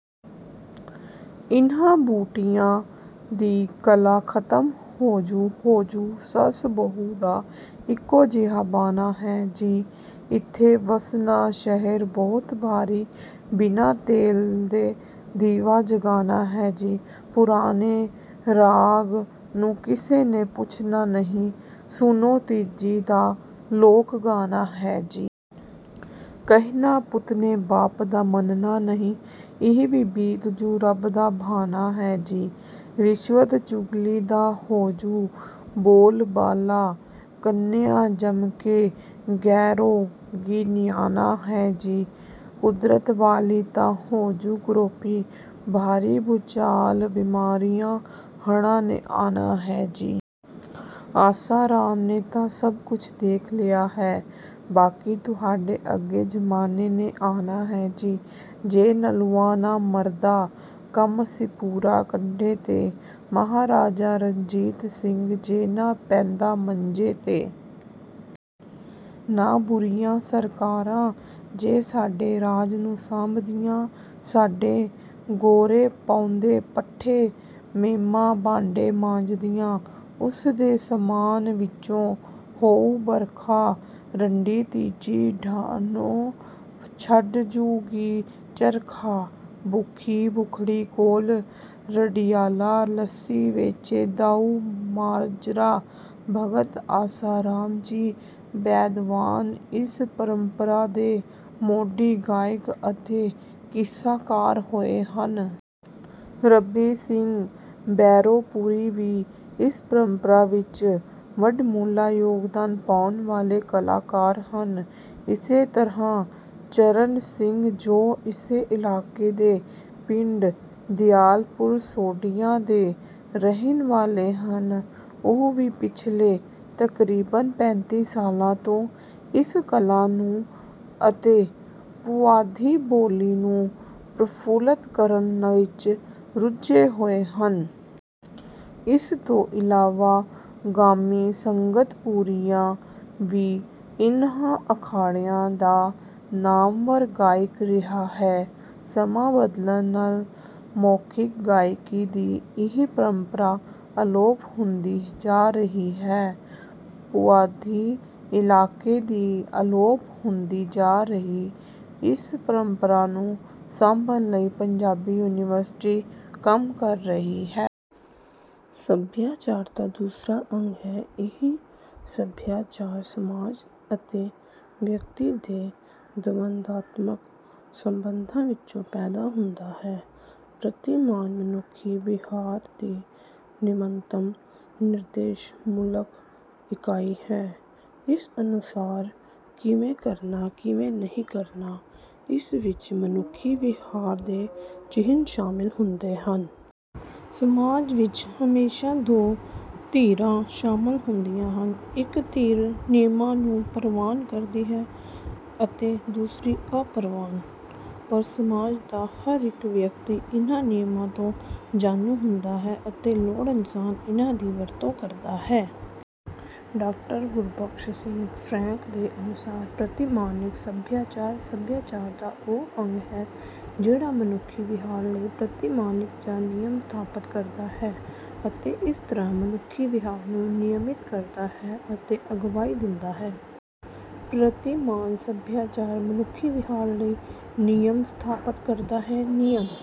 ਇਨ੍ਹਾਂ ਬੂਟੀਆਂ ਦੀ ਕਲਾ ਖਤਮ ਹੋਜੂ ਹੋਜੂ ਸੱਸ ਬਹੂ ਦਾ ਇੱਕੋ ਜਿਹਾ ਬਾਣਾ ਹੈ ਜੀ। ਇੱਥੇ ਵਸਣਾ ਸ਼ਹਿਰ ਬਹੁਤ ਭਾਰੀ ਬਿਨਾਂ ਤੇਲ ਦੇ ਦੀਵਾ ਜਗਾਣਾ ਹੈ ਜੀ। ਪੁਰਾਣੇ ਰਾਗ ਨੂੰ ਕਿਸੇ ਨੇ ਪੁੱਛਣਾ ਨਹੀਂ ਸੁਣੋ ਤੀਜੀ ਦਾ ਲੋਕ ਗਾਣਾ ਹੈ ਜੀ। ਕਹਿਣਾ ਪੁੱਤ ਨੇ ਬਾਪ ਦਾ ਮੰਨਣਾ ਨਹੀਂ ਇਹ ਵੀ ਬੀਤ ਜੂ ਰੱਬ ਦਾ ਭਾਣਾ ਹੈ ਜੀ। ਰਿਸ਼ਵਤ ਚੁਗਲੀ ਦਾ ਹੋਜੂ ਬੋਲ ਬਾਲਾ ਕੰਨਿਆ ਜੰਮ ਕੇ ਗੈਰੋ ਗੀ ਨਿਆਣਾ ਹੈ ਜੀ। ਕੁਦਰਤ ਵਾਲੀ ਤਾਂ ਹੋਜੂ ਕਰੋਪੀ ਭਾਰੀ ਭੁਚਾਲ ਬਿਮਾਰੀਆਂ ਹੜਾਂ ਨੇ ਆਣਾ ਹੈ ਜੀ। ਆਸਾ ਰਾਮ ਨੇ ਤਾਂ ਸਭ ਕੁਝ ਦੇਖ ਲਿਆ ਹੈ ਬਾਕੀ ਤੁਹਾਡੇ ਅੱਗੇ ਜਮਾਨੇ ਨੇ ਆਣਾ ਹੈ ਜੀ। ਜੇ ਨਲੂਆ ਨਾ ਮਰਦਾ ਕੰਮ ਸੀ ਪੂਰਾ ਕੰਢੇ ਤੇ। ਮਹਾਰਾਜਾ ਰਣਜੀਤ ਸਿੰਘ ਜੇ ਨਾ ਪੈਂਦਾ ਮੰਜੇ ਤੇ। ਨਾ ਬੁਰੀਆਂ ਸਰਕਾਰਾਂ ਜੇ ਸਾਡੇ ਰਾਜ ਨੂੰ ਸਾਂਭਦੀਆਂ। ਸਾਡੇ ਗੋਰੇ ਪਾਉਂਦੇ ਪੱਠੇ ਮੇਮਾਂ ਭਾਂਡੇ ਮਾਂਜਦੀਆਂ। ਉਸ ਦੇ ਸਮਾਨ ਵਿੱਚੋਂ ਹੋਊ ਬਰਖਾ ਰੰਡੀ ਤੀਜੀ ਡਾਹੁਣੋਂ ਛੱਡ ਜੂ ਗੀ ਚਰਖਾ ਭੁੱਖੀ ਭੁਖੜੀ ਕੋਲ ਰਡਿਆਲਾ ਲੱਸੀ ਵੇਚੇ ਦਾਊ ਮਾਜਰਾ ਭਗਤ ਆਸਾ ਰਾਮ ਜੀ ਬੈਦਵਾਣ ਇਸ ਪਰੰਪਰਾ ਦੇ ਮੋਢੀ ਗਾਇਕ ਅਤੇ ਕਿੱਸਾਕਾਰ ਹੋਏ ਹਨ। ਰੱਬੀ ਸਿੰਘ ਬੈਂਰੋਂਪੁਰੀ ਵੀ ਇਸ ਪਰੰਪਰਾ ਵਿੱਚ ਵਡਮੁੱਲਾ ਯੋਗਦਾਨ ਪਾਉਣ ਵਾਲੇ ਕਲਾਕਾਰ ਹਨ। ਇਸੇ ਤਰ੍ਹਾਂ ਚਰਨ ਸਿੰਘ ਜੋ ਇਸੇ ਇਲਾਕੇ ਦੇ ਪਿੰਡ ਦਿਆਲਪੁਰ ਸੋਢੀਆਂ ਦੇ ਰਹਿਣ ਵਾਲੇ ਹਨ ਉਹ ਵੀ ਪਿਛਲੇ ਤਕਰੀਬਨ ਪੈਂਤੀ ਸਾਲਾਂ ਤੋਂ ਇਸ ਕਲਾ ਨੂੰ ਅਤੇ ਪੁਆਧੀ ਬੋਲੀ ਨੂੰ ਪ੍ਰਫੁੱਲਤ ਕਰਨ ਵਿੱਚ ਰੁਝੇ ਹੋਏ ਹਨ। ਇਸ ਤੋਂ ਇਲਾਵਾ ਗਾਮੀ ਸੰਗਤਪੁਰੀਆ ਵੀ ਇਹਨਾਂ ਅਖਾੜਿਆਂ ਦਾ ਨਾਮਵਰ ਗਾਇਕ ਰਿਹਾ ਹੈ। ਸਮਾਂ ਬਦਲਣ ਨਾਲ ਮੌਖਿਕ ਗਾਇਕੀ ਦੀ ਇਹ ਪਰੰਪਰਾ ਅਲੋਪ ਹੁੰਦੀ ਜਾ ਰਹੀ ਹੈ। ਪੁਆਧੀ ਇਲਾਕੇ ਦੀ ਅਲੋਪ ਹੁੰਦੀ ਜਾ ਰਹੀ ਇਸ ਪਰੰਪਰਾ ਨੂੰ ਸਾਂਭਣ ਲਈ ਪੰਜਾਬੀ ਯੂਨੀਵਰਸਿਟੀ ਕੰਮ ਕਰ ਰਹੀ ਹੈ। ਸਭਿਆਚਾਰ ਦਾ ਦੂਸਰਾ ਅੰਗ ਹੈ। ਇਹ ਸਭਿਆਚਾਰ ਸਮਾਜ ਅਤੇ ਵਿਅਕਤੀ ਦੇ ਦਵੰਦਾਤਮਕ ਸੰਬੰਧਾਂ ਵਿੱਚੋਂ ਪੈਦਾ ਹੁੰਦਾ ਹੈ। ਪ੍ਰਤਿਮਾਨ ਮਨੁੱਖੀ ਵਿਹਾਰ ਦੀ ਨਿਮਨਤਮ ਨਿਰਦੇਸ਼ਮੂਲਕ ਇਕਾਈ ਹੈ ਜਿਸ ਅਨੁਸਾਰ ਕਿਵੇਂ ਕਰਨਾ ਕਿਵੇਂ ਨਹੀਂ ਕਰਨਾ। ਇਸ ਵਿੱਚ ਮਨੁੱਖੀ ਵਿਹਾਰ ਦੇ ਚਿਹਨ ਸ਼ਾਮਲ ਹੁੰਦੇ ਹਨ। ਸਮਾਜ ਵਿੱਚ ਹਮੇਸ਼ਾ ਦੋ ਧਿਰਾਂ ਸ਼ਾਮਲ ਹੁੰਦੀਆਂ ਹਨ ਇੱਕ ਧਿਰ ਨਿਯਮਾਂ ਨੂੰ ਪਰਵਾਨ ਕਰਦੀ ਹੈ ਅਤੇ ਦੂਸਰੀ ਅਪਰਵਾਨ। ਪਰ ਸਮਾਜ ਦਾ ਹਰ ਇੱਕ ਵਿਅਕਤੀ ਇਨ੍ਹਾਂ ਨਿਯਮਾਂ ਤੋਂ ਜਾਣੂ ਹੁੰਦਾ ਹੈ ਅਤੇ ਲੋੜ ਅਨੁਸਾਰ ਇਨ੍ਹਾਂ ਦੀ ਵਰਤੋਂ ਕਰਦਾ ਹੈ। ਡਾਕਟਰ ਗੁਰਬਖਸ਼ ਸਿੰਘ ਫਰੈਂਕ ਦੇ ਅਨੁਸਾਰ ਪ੍ਰਤਿਮਾਨਿਕ ਸਭਿਆਚਾਰ ਸਭਿਆਚਾਰ ਦਾ ਉਹ ਅੰਗ ਹੈ ਜਿਹੜਾ ਮਨੁੱਖੀ ਵਿਹਾਰ ਲਈ ਪ੍ਰਤਿਮਾਨਿਕ ਜਾਂ ਨਿਯਮ ਸਥਾਪਤ ਕਰਦਾ ਹੈ ਅਤੇ ਇਸ ਤਰ੍ਹਾਂ ਮਨੁੱਖੀ ਵਿਹਾਰ ਨੂੰ ਨਿਯਮਿਤ ਕਰਦਾ ਹੈ ਅਤੇ ਅਗਵਾਈ ਦਿੰਦਾ ਹੈ। ਪ੍ਰਤਿਮਾਨ ਸਭਿਆਚਾਰ ਮਨੁੱਖੀ ਵਿਹਾਰ ਲਈ ਨਿਯਮ ਸਥਾਪਤ ਕਰਦਾ ਹੈ। ਨਿਯਮ